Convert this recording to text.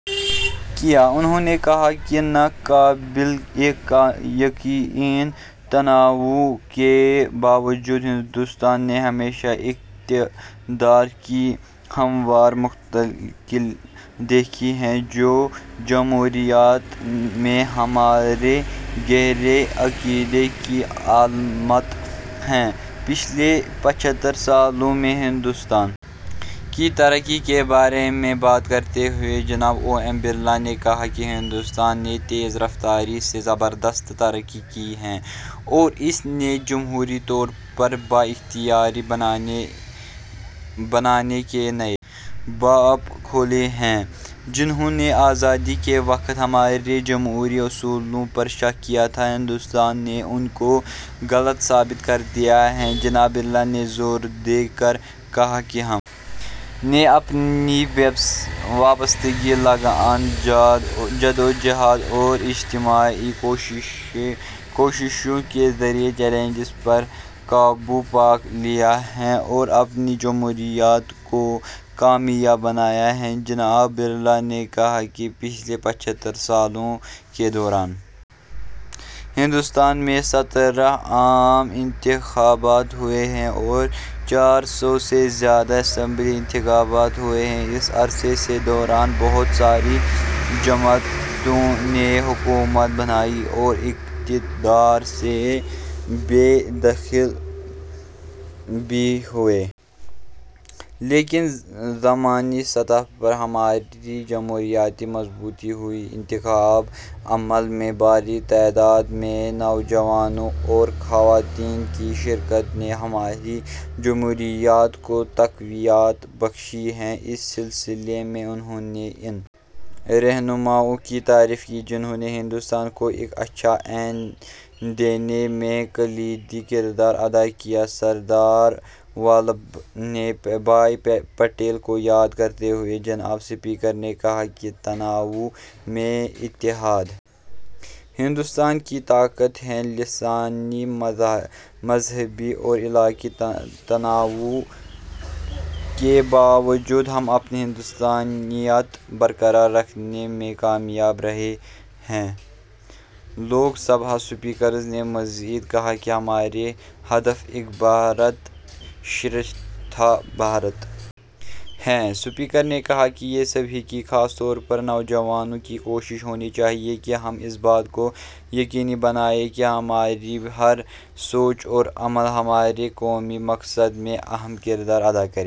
کیا انہوں نے کہا کہ ناقابل یقین تنوع کے باوجود ہندوستان نے ہمیشہ اقتدار کی ہموار منتقلی دیکھی ہے جو جمہوریت میں ہمارے گہرے اعتقاد کی علامت ہے پچھلے پچھتر سالوں میں ہندوستان کی ترقی کے بارے میں بات کرتے ہوئے جناب اوم برلا نے کہا کہ ہندوستان نے تیز رفتاری سے زبردست ترقی کی ہے اور اس نے جمہوری طور پر بااختیار بنانے کے نئے باب کھولے ہیں جنہوں نے آزادی کے وقت ہمارے جمہوری اصولوں پر شک کیا تھا ہندوستان نے ان کو غلط ثابت کر دیا ہے جناب برلا نے زور دے کر کہا کہ ہم نے اپنی وابستگی لگن جدوجہد اور اجتماعی کوششوں کے ذریعے چیلنجوں پر قابو پا لیا ہے اور اپنی جمہوریت کو کامیاب بنایا ہے جناب برلا نے کہا کہ پچھلے پچھتر سالوں کے دوران ہندوستان میں سترہ عام انتخابات ہوئے ہیں اور چار سو سے زیادہ اسمبلی انتخابات ہوئے ہیں اس عرصے کے دوران بہت ساری جماعتوں نے حکومتیں بنائیں اور اقتدار سے بے دخل بھی ہوئیں لیکن زمینی سطح پر ہماری جمہوریت مضبوط ہوئی ہے انتخابی عمل میں بڑی تعداد میں نوجوانوں اور خواتین کی شرکت نے ہماری جمہوریت کو تقویت بخشی ہے اس سلسلے میں انہوں نے ان رہنماؤں کی تعریف کی جنہوں نے ہندوستان کو ایک اچھا آئین دینے میں کلیدی کردار ادا کیا سردار ولبھ بھائی پٹیل کو یاد کرتے ہوئے جناب اسپیکر نے کہا کہ تنوع میں اتحاد ہندوستان کی طاقت ہے لسانی مذہبی اور علاقائی تنوع کے باوجود ہم اپنی ہندوستانیت برقرار رکھنے میں کامیاب رہے ہیں لوک سبھا اسپیکر نے مزید کہا کہ ہمارا ہدف ایک بھارت شریشٹھ بھارت ہے اسپیکر نے کہا کہ یہ سبھی کی خاص طور پر نوجوانوں کی کوشش ہونی چاہیے کہ ہم اس بات کو یقینی بنائیں کہ ہماری ہر سوچ اور عمل ہمارے قومی مقصد میں اہم کردار ادا کرے